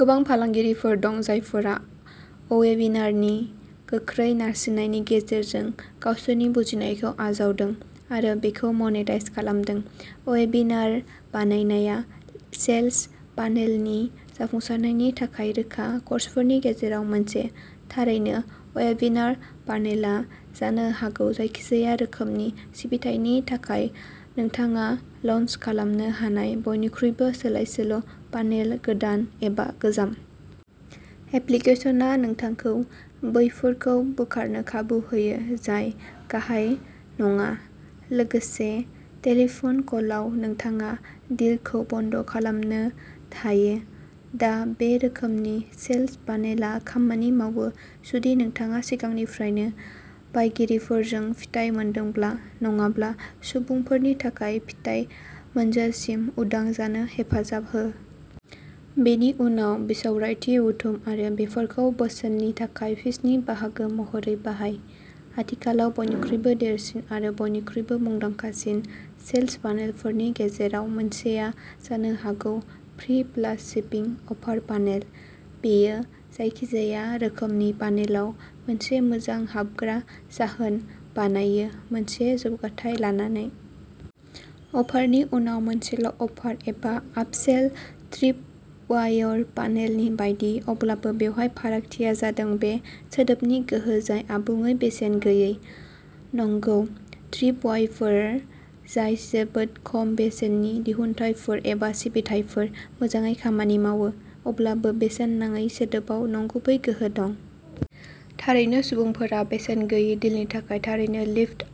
गोबां फालांगियारिफोर दं, जायफोरा अवेबिनारनि गोख्रै नारसिननायनि गेजेरजों गावसोरनि बुजिनायखौ आजावदों आरो बेखौ मनेटाइज खालामदों। अवेबिनार बानायनाया सेल्स फानेलनि जाफुंसारनायनि थाखाय रोखा कर्सफोरनि गेजेराव मोनसे। थारैनो, अवेबिनार फानेलआ जानो हागौ जायखिजाया रोखोमनि सिबिथायनि थाखाय नोंथाङा लन्च खालामनो हानाय बयनिख्रुइबो सोलायसोल' फानेल गोदान एबा गोजाम। एप्लिकेशनआ नोंथांखौ बैफोरफोरखौ बोखारनो खाबु होयो जाय गाहाय नङा। लोगोसे टेलिफन कलआव, नोंथाङा डिलखौ बन्द' खालामनो हायो। दा, बे रोखोमनि सेल्स फानेलआ खामानि मावो जुदि नोंथाङा सिगांनिफ्रायनो बायगिरिफोरजों फिथाय मोनदोंब्ला। नङाब्ला, सुबुंफोरनि थाखाय फिथाय मोनजासिम उदां जानो हेफाजाब हो। बेनि उनाव, बिसावरायथि बुथुम आरो बेफोरखौ बोसोननि थाखाय पिचनि बाहागो महरै बाहाय। आथिखालाव बयनिख्रुइबो देरसिन आरो बयनिख्रुइबो मुंदांखासिन सेल्स फानेलफोरनि गेजेराव मोनसेआ जानो हागौ फ्रि-प्लास-शिपिं अफार फानेल। बेयो जायखिजाया रोखोमनि फानेलाव मोनसे मोजां हाबग्रा जाहोन बानायो मोनसे जौगाथाय लानानै। अफारनि उनाव मोनसेल' अफार एबा आप-सेल ट्रिपवायर फानेलनि बायदि। अब्लाबो बेवहाय फारागथिया जादों बे सोदोबनि गोहो जाय आबुङै बेसेन गैयै। नंगौ, ट्रिपवाइरफोर, जाय जोबोद खम बेसेननि दिहुनथायफोर एबा सिबिथाइफोर, मोजाङै खामानि मावो। अब्लाबो बेसेन नाङै सोदोबाव नंगुबै गोहो दं। थारैनो सुबुंफोरा बेसेन-गैयै डिलनि थाखाय थारैनो लिफ्ट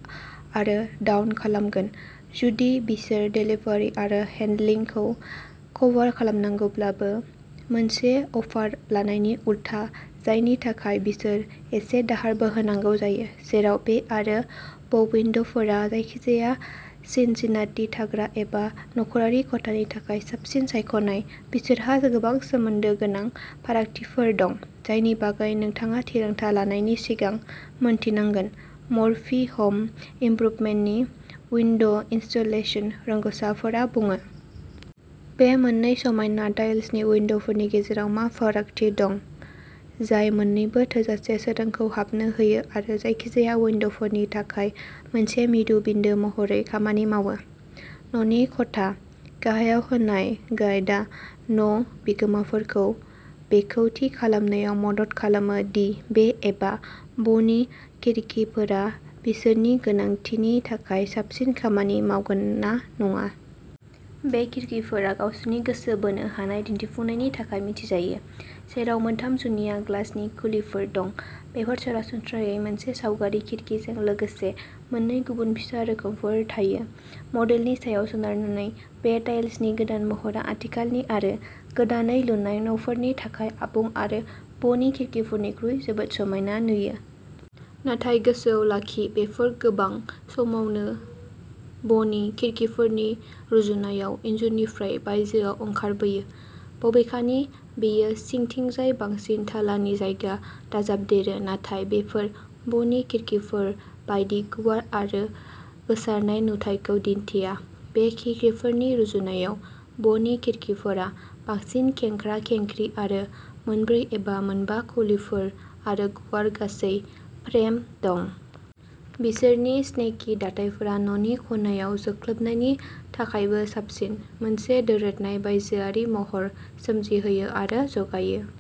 आरो डाउन खालामगोन जुदि बिसोर देलिभारि आरो हेन्डेलिंखौ कभार खालामनांगौब्लाबो, मोनसे अफार लानायनि उलथा जायनि थाखाय बिसोर एसे दाहारबो होनांगौ जायो। जेराव बे आरो ब'उइन्ड'फोरा जायखिजाया सिनसिनाटि थाग्रा एबा नखरारि खथानि थाखाय साबसिन सायख'नाय, बिसोरहा गोबां सोमोन्दो गोनां फारागथिफोर दं जायनि बागै नोंथाङा थिरांथा लानायनि सिगां मिन्थिनांगोन, मर्फी हम इमप्रुबमेन्टनि उइन्ड'इनस्टलेशन रोंग'साफोरा बुङो। बे मोननै समायना स्टाइलनि उइन्ड'फोरनि गेजेराव मा फारागथि दं जाय मोननैबो थोजासे सोरांखौ हाबनो होयो आरो जायखिजाया उइन्ड'फोरनि थाखाय मोनसे मिरु बिन्दो महरै खामानि मावो। न'नि खथा? गाहायाव होनाय गाइदा न' बिगोमाफोरखौ बेखौ थि खालामनायाव मदद खालामो दि बे एबा ब'नि खिरखिफोरा बिसोरनि गोनांथिनि थाखाय साबसिन खामानि मावगोन ना नङा। बे खिरखिफोरा गावसोरनि गोसो बोनो हानाय दिन्थिफुंनायनि थाखाय मिथिजायो, जेराव मोनथाम जुनिया ग्लासनि खुलिफोर दं। बेफोर सरासनस्रायै मोनसे सावगारि खिरखिजों लोगोसे मोननै गुबुन फिसा रोखोमफोर थायो मडेलनि सायाव सोनारनानै। बे स्टाइलनि गोदान महरआ आथिखालनि आरो गोदानै लुनाय न'फोरनि थाखाय आबुं आरो ब'नि खिरखिफोरनिख्रुइ जोबोद समायना नुयो। नाथाय गोसोआव लाखि, बेफोर गोबां समावनो ब'नि खिरखिफोरनि रुजुनायाव इनजुरनिफ्राय बायजोआव ओंखारबोयो। बबेखानि बेयो सिंथिंजाय बांसिन थालानि जायगा दाजाबदेरो नाथाय बेफोर ब'नि खिरखिफोर बायदि गुवार आरो गोसारनाय नुथाइखौ दिन्थिया। बे खिरखिफोरनि रुजुनायाव ब'नि खिरखिफोरा बांसिन खेंख्रा-खेंख्रि आरो मोनब्रै एबा मोनबा खुलिफोर आरो गुवार गासै फ्रेम दं। बिसोरनि स्नेकि दाथायफोरा न'नि खनायाव जोख्लोबनायनि थाखायबो साबसिन, मोनसे दोरोदनाय बायजोआरि महर सोमजिहोयो आरो जगायो।